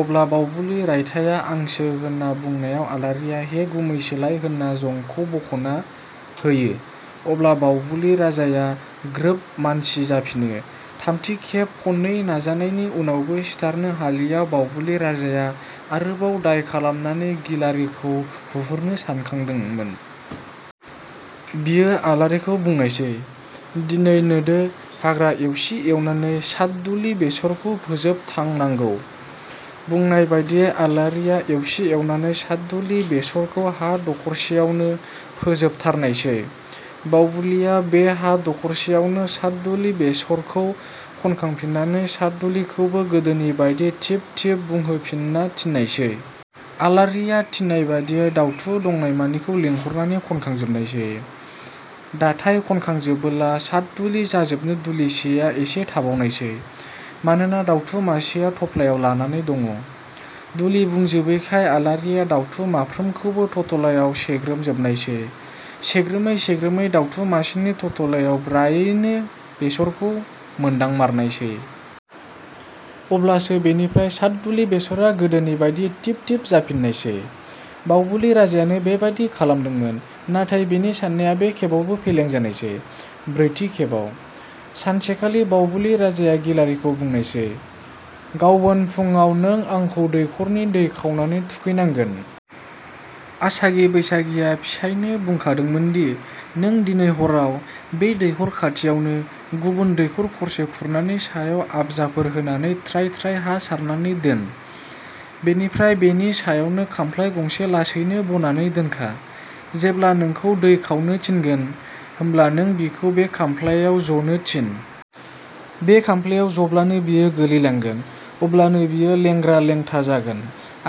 अब्ला बावबुलि राइथाया आंसो होनना बुनायाव आलारिया हे गुमैसोलाय होनना जंखौ बखना होयो अब्ला बावबुलि राजाया ग्रोब मानसि जाफिनो। थामथि खेबाव, खननै नाजानायनि उनावबो सिथारनो हायिलाय बावबुलि राजाया आरोबाव दाय खालामनानै गिलारिखौ हुहुरनो सानखांदोंमोन। बियो आलारिखौ बुंनायसै – "दिनै नोडो हाम्रा एवसि एवनानै साथदुलि बेसरखौ फोजोबथानांगौ"। बुंनाय बादियै आलारिया एवसि एवनानै साथदुलि बेसरखौ हा दरसेयावनो फोजोबथारनायसै। बावबुलिया बे हा दरसेयावनो साथदुलि बेसरखौ खनखांफिननानै साथ दुलिखौबो गोदोनि बादि थिब थिब बुंहोफिननो थिननायसै। आलारिया थिननाय बादियै दाउथु दंनायमानिखौ लिंहरनानै खनखांजोबनायसै। धाथाइ खनखांजोबब्ला साथदुलि जाजोबनो दुलिसेया एसे थाबावनायसै। मानोना दाउथु मासेया थप्लायाव लानानै दङ'। दुलि बुंजोबैखाय आलारिया दाउथु माफ्रोमखौबो थथलायाव सेग्रोमजोबनायसै। सेग्रोमै सेग्रोमै दाउथु मासेनि थथलायाव ब्रायैनो बेसरखौ मोनदांमारनायसै। अब्लासो बिनिफ्राय साथदुलि बेसरा गोदोनिबादि थिब थिब जाफिननायसै। बावबुलि राजायानो बेबादि खालामदोंमोन, नाथाइ बेनि साननाया बे खेबावबो फेलें जानायसै। ब्रैथि खेबाव, सानसेखालि बावबुलि राजाया गिलारिखौ बुंनायसै – "गावोन फुडाव नों आंखौ दैखरनि दै खावनानै थुखैनांगोन"। आसागि बैसागिया फिसाइनो बुंखादोंमोनदि – "नों दिनै हराव बे दैखर खाथियावनो गुबुन दैखर खरसे खु'ननानै सायाव आबजाफोर होनानै थ्राय थ्राय हा सारनानै दोन। बेनिफ्राय बेनि सायावनो खामफ्लाइ गंसे लासैनो बनानै दोनखा। जेब्ला नोंखौ दै खावनो थिनगोन, होमब्ला नों बिखौ बे खामफ्लाइयाव जनो थिन। बे खामफ्लाइयाव जब्लानो बियो गोलैलांगोन। अब्लानो बियो लेंग्रा लेंथा जागोन।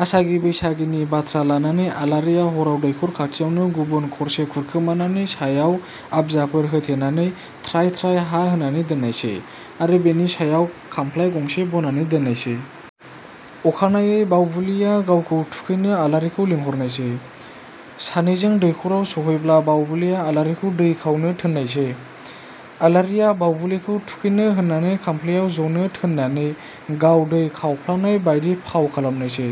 आसागि बैसागिनि बाथ्रा लानानै आलारिया हराव दैखर खाथियावनो गुबुन खरसे खुरखोमानानै सायाव आबजाफोर होथेनानै थ्राय थ्राय हा होनानै दोननायसै। आरो बेनि सायाव खामफ्लाइ गंसे बनानै दोननायसै। अखानायै बावबुलिया गावखौ थुखैनो आलारिखौ लिंहरनायसै। सानैजों दैखराव सहैब्ला बावबुलिया आलारिखौ दै खावनो थोननायसै। गिलारियाबो बावबुलिखौ थुखैनो होननानै खामफ्लाइयाव जनो थोननानै गाव दै खावफ्लानाय बादि फाव खालामनायसै।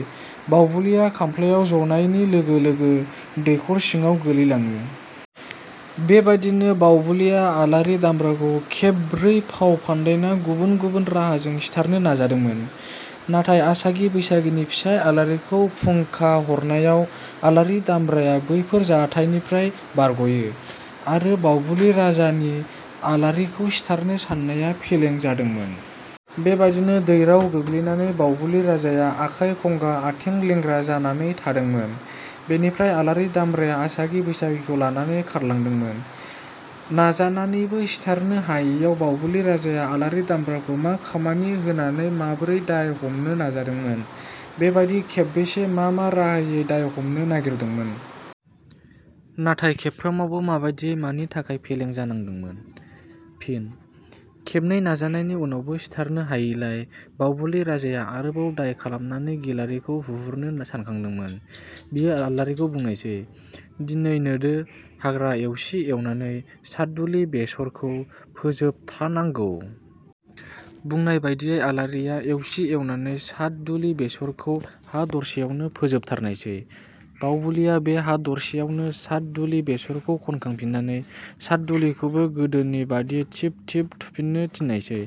बावबुलिया खामफ्लाइयाव जनायनि लोगो लोगो दैखर सिङाव गोलैलांङो। बेबादिनो बावबुलिया अलारि दामब्राखौ खेब ब्रै फाव फान्दायना गुबुन गुबुन राहाजों सिथारनो नाजादोंमोन। नाथाइ आसागि बैसागिनि फिसाइ आलारिखौ फुंखा हरनायाव आलारि दामब्राया बैफोर जाथाइनिफ्राय बारग'यो आरो बावबुलि राजानि आलारिखौ सिथारनो साननाया फेलें जादोंमोन। बेबादिनो दैराव गोग्लैनानै बावबुलि राजाया आखाइ खंगा, आथें लेंग्रा जानानै थादोंमोन। बेनिफ्राय आलारि दामब्राया आसागि बैसागिखौ लानानै खारलांदोंमोन।. नाजानानैबो सिथारनो हायियाव बावबुलि राजाया आलारि दामब्राखौ मा खामानि होनानै माबोरै दाय हमनो नाजादोंमोन? बेबादि खेबबेसे मा मा राहायै दाय हमनो नागिरदोंमोन? नाथाय खेबफ्रोमबो माबादियै मानि थाखाय फेलें जानांदोंमोन? फिन: खननै नाजानायनि उनावबो सिथारनो हायिलाय बावबुलि राजाया आरोबाव दाय खालामनानै गिलारिखौ हुहुरनो सानखांदोंमोन। बियो आलारिखौ बुंनायसै – "दिनै नोडो हाम्रा एवसि एवनानै साथदुलि बेसरखौ फोजोबथानांगौ"। बुंनाय बादियै आलारिया एवसि एवनानै साथदुलि बेसरखौ हा दरसेयावनो फोजोबथारनायसै। बावबुलिया बे हा दरसेयावनो साथदुलि बेसरखौ खनखांफिननानै साथ दुलिखौबो गोदोनि बादि थिब थिब बुंहोफिननो थिननायसै।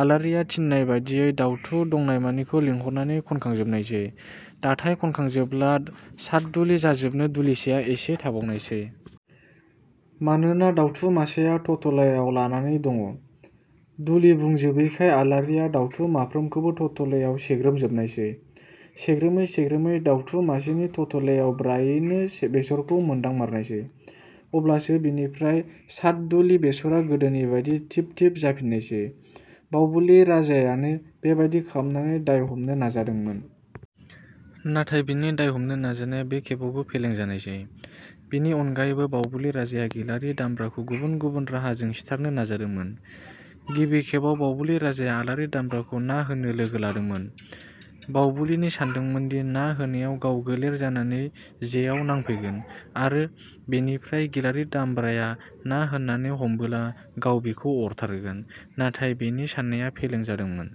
आलारिया थिननाय बादियै दाउथु दंनायमानिखौ लिंहरनानै खनखांजोबनायसै। धाथाइ खनखांजोबब्ला साथदुलि जाजोबनो दुलिसेया एसे थाबावनायसै। मानोना दाउथु मासेया थप्लायाव लानानै दङ'। दुलि बुंजोबैखाय आलारिया दाउथु माफ्रोमखौबो थथलायाव सेग्रोमजोबनायसै। सेग्रोमै सेग्रोमै दाउथु मासेनि थथलायाव ब्रायैनो बेसरखौ मोनदांमारनायसै। अब्लासो बिनिफ्राय साथदुलि बेसरा गोदोनिबादि थिब थिब जाफिननायसै। बावबुलि राजायानो बेबादि खालामनानै दाय हमनो नाजादोंमोन। नाथाइ बिनि दाय हमनो नाजानाया बे खेबावबो फेलें जानायसै। बेनि अनगायैबो बावबुलि राजाया गिलारि दामब्राखौ गुबुन गुबुन राहाजों सिथारनो नाजादोंमोन – गिबि खेबाव बावबुलि राजाया आलारि दामब्राखौ ना होनो लोगो लादोंमोन। बावबुलिनि सानदोंमोनदि ना होनायाव गाव गोलेर जानानै जेयाव नांफैगोन आरो बेनिफ्राय गिलारि दामब्राया ना होननानै हमोब्ला गाव बिखौ अरथारगोन। नाथाइ बेनि साननाया फेलें जादोंमोन।